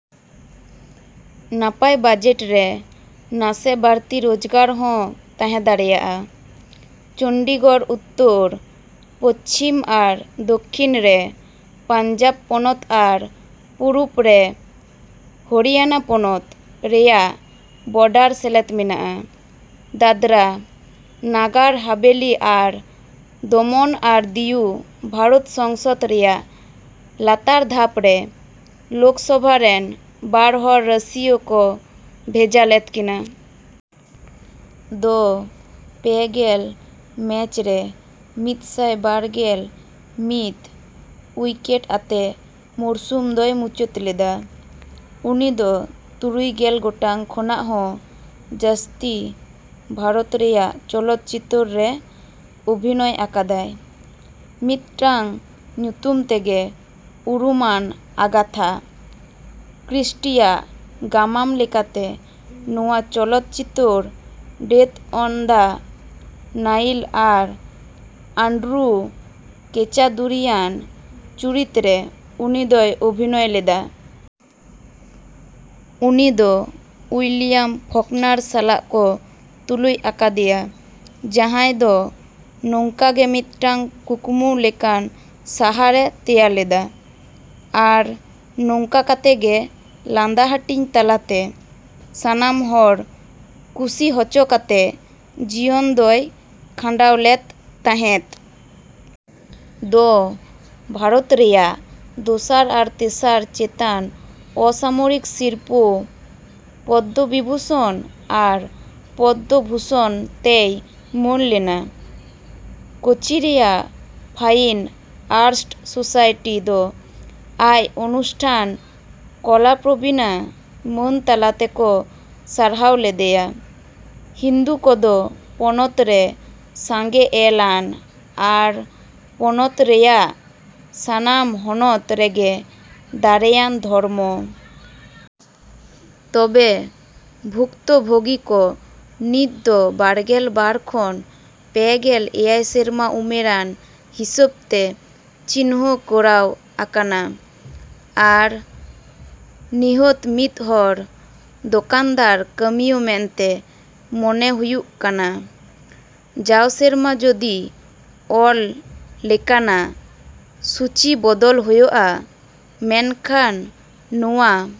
ᱱᱟᱯᱟᱭ ᱵᱟᱡᱮᱴ ᱨᱮ ᱱᱟᱥᱮ ᱵᱟᱲᱛᱤ ᱨᱚᱡᱽᱜᱟᱨ ᱦᱚᱸ ᱛᱟᱸᱦᱮ ᱫᱟᱲᱮᱜᱼᱟ᱾ ᱪᱚᱱᱰᱤᱜᱚᱲ ᱩᱛᱛᱚᱨ, ᱯᱚᱥᱪᱷᱤᱢ ᱟᱨ ᱫᱚᱠᱠᱷᱤᱱ ᱨᱮ ᱯᱟᱧᱡᱟᱵᱽ ᱯᱚᱱᱚᱛ ᱟᱨ ᱯᱩᱨᱩᱵ ᱨᱮ ᱦᱚᱨᱤᱭᱟᱱᱟ ᱯᱚᱱᱚᱛ ᱨᱮᱭᱟᱜ ᱵᱚᱰᱟᱨ ᱥᱮᱞᱮᱫ ᱢᱮᱱᱟᱜᱼᱟ᱾ ᱫᱟᱫᱨᱟ, ᱱᱟᱜᱟᱨ ᱦᱟᱵᱷᱮᱞᱤ ᱟᱨ ᱫᱚᱢᱚᱱ ᱟᱨ ᱫᱤᱭᱩ ᱵᱷᱟᱨᱚᱛ ᱥᱚᱝᱥᱚᱫ ᱨᱮᱭᱟᱜ ᱞᱟᱛᱟᱨ ᱫᱷᱟᱯ ᱨᱮ ᱞᱳᱠᱥᱚᱵᱷᱟ ᱨᱮᱱ ᱵᱟᱨ ᱦᱚᱲ ᱨᱟᱹᱥᱤᱭᱟᱹ ᱠᱚ ᱵᱷᱮᱡᱟ ᱞᱮᱫ ᱠᱤᱱᱟ᱾ ᱫᱚ ᱯᱮ ᱜᱮᱞ ᱢᱮᱪ ᱨᱮ ᱢᱤᱫᱥᱟᱭ ᱵᱟᱨ ᱜᱮᱞ ᱢᱤᱫ ᱩᱭᱠᱮᱴ ᱟᱛᱮ ᱢᱚᱨᱥᱩᱢ ᱫᱚᱭ ᱢᱩᱪᱟᱹᱫ ᱞᱮᱫᱟ᱾ᱩᱱᱤᱫᱚ ᱛᱩᱨᱩᱭ ᱜᱮᱞ ᱜᱚᱴᱟᱝ ᱠᱷᱚᱱᱟᱜ ᱦᱚᱸ ᱡᱟᱥᱛᱤ ᱵᱷᱟᱨᱚᱛ ᱨᱮᱭᱟᱜ ᱪᱚᱞᱚᱛ ᱪᱤᱛᱟᱹᱨ ᱨᱮ ᱚᱵᱷᱤᱱᱚᱭ ᱟᱠᱟᱫᱟᱭ᱾ ᱢᱤᱫᱴᱟᱝ ᱧᱩᱛᱩᱢ ᱛᱮᱜᱮ ᱩᱨᱩᱢᱟᱱ ᱟᱜᱟᱛᱷᱟ ᱠᱨᱤᱥᱴᱤᱭᱟᱜ ᱜᱟᱢᱟᱢ ᱞᱮᱠᱟᱛᱮ ᱱᱚᱶᱟ ᱪᱚᱞᱚᱛ ᱪᱤᱛᱟᱹᱨ ᱰᱮᱛᱷ ᱚᱱ ᱫᱟ ᱱᱟᱭᱤᱞ ᱟᱨ ᱟᱱᱰᱨᱩ ᱠᱮᱪᱟᱫᱩᱨᱤᱭᱟᱱ ᱪᱩᱨᱤᱛ ᱨᱮ ᱩᱱᱤᱫᱚᱭ ᱚᱵᱷᱤᱱᱚᱭ ᱞᱮᱫᱟ᱾ ᱩᱱᱤᱫᱚ ᱩᱭᱞᱤᱭᱟᱢ ᱯᱷᱚᱠᱱᱟᱨ ᱥᱟᱞᱟᱜ ᱠᱚ ᱛᱩᱞᱩᱡ ᱟᱠᱟᱫᱮᱭᱟ ᱡᱟᱸᱦᱟᱭ ᱫᱚ ᱱᱚᱝᱠᱟᱜᱮ ᱢᱤᱫᱴᱟᱝ ᱠᱩᱠᱢᱩ ᱞᱮᱠᱟᱱ ᱥᱟᱦᱟᱨ ᱮ ᱛᱮᱭᱟᱨ ᱞᱮᱫᱟ ᱟᱨ ᱱᱚᱝᱠᱟ ᱠᱟᱛᱮᱜᱮ ᱞᱟᱸᱫᱟ ᱦᱟᱴᱤᱧ ᱛᱟᱞᱟᱛᱮ, ᱥᱟᱱᱟᱢ ᱦᱚᱲ ᱠᱩᱥᱤ ᱦᱚᱪᱚ ᱠᱟᱛᱮ ᱡᱤᱭᱚᱱ ᱫᱚᱭ ᱠᱷᱟᱸᱰᱟᱣ ᱞᱮᱫ ᱛᱟᱸᱦᱮᱫ᱾ ᱫᱚ ᱵᱷᱟᱨᱚᱛ ᱨᱮᱭᱟᱜ ᱫᱚᱥᱟᱨ ᱟᱨ ᱛᱮᱥᱟᱨ ᱪᱮᱛᱟᱱ ᱚᱥᱟᱢᱚᱨᱤᱠ ᱥᱤᱨᱯᱟᱹ ᱯᱚᱫᱫᱚᱵᱤᱵᱷᱩᱥᱚᱱ ᱟᱨ ᱯᱚᱫᱫᱚ ᱵᱷᱩᱥᱚᱱ ᱛᱮᱭ ᱢᱟᱹᱱ ᱞᱮᱱᱟ᱾ ᱠᱳᱪᱤ ᱨᱮᱭᱟᱜ ᱯᱷᱟᱭᱤᱱ ᱟᱨᱴᱥ ᱥᱳᱥᱟᱭᱴᱤ ᱫᱚ ᱟᱡ ᱽᱚᱱᱩᱥᱴᱟᱱ ᱠᱚᱞᱟᱯᱨᱚᱵᱤᱱᱟ ᱢᱟᱹᱱ ᱛᱟᱞᱟ ᱛᱮᱠᱚ ᱥᱟᱨᱦᱟᱣ ᱞᱮᱫᱮᱭᱟ᱾ ᱦᱤᱱᱫᱩ ᱠᱚᱫᱚ ᱯᱚᱱᱚᱛ ᱨᱮ ᱥᱟᱸᱜᱮ ᱮᱞ ᱟᱱ ᱟᱨ ᱯᱚᱱᱚᱛ ᱨᱮᱭᱟᱜ ᱥᱟᱱᱟᱢ ᱦᱚᱱᱚᱛ ᱨᱮᱜᱮ ᱫᱟᱲᱮᱭᱟᱱ ᱫᱷᱚᱨᱚᱢ᱾ ᱛᱚᱵᱮ, ᱵᱷᱩᱠᱛᱚᱵᱷᱳᱜᱤ ᱠᱚ ᱱᱤᱛ ᱫᱚ ᱵᱟᱨ ᱜᱮᱞ ᱵᱟᱨ ᱠᱷᱚᱱ ᱯᱮ ᱜᱮᱞ ᱮᱭᱟᱭ ᱥᱮᱨᱢᱟ ᱩᱢᱮᱨᱟᱱ ᱦᱤᱥᱟᱹᱵᱛᱮ ᱪᱤᱱᱦᱟᱹ ᱠᱚᱨᱟᱶ ᱟᱠᱟᱱᱟ ᱟᱨ ᱱᱤᱦᱟᱹᱛ ᱢᱤᱫᱦᱚᱲ ᱫᱚᱠᱟᱱᱫᱟᱨ ᱠᱟᱹᱢᱤᱭᱟᱹ ᱢᱮᱱᱛᱮ ᱢᱚᱱᱮ ᱦᱩᱭᱩᱜ ᱠᱟᱱᱟ᱾ ᱡᱟᱣ ᱥᱮᱨᱢᱟ ᱡᱚᱫᱤ ᱚᱞ ᱞᱮᱠᱟᱱᱟ ᱥᱩᱪᱤ ᱵᱚᱫᱚᱞ ᱦᱳᱭᱳᱜᱼᱟ, ᱢᱮᱱᱠᱷᱟᱱ ᱱᱚᱶᱟ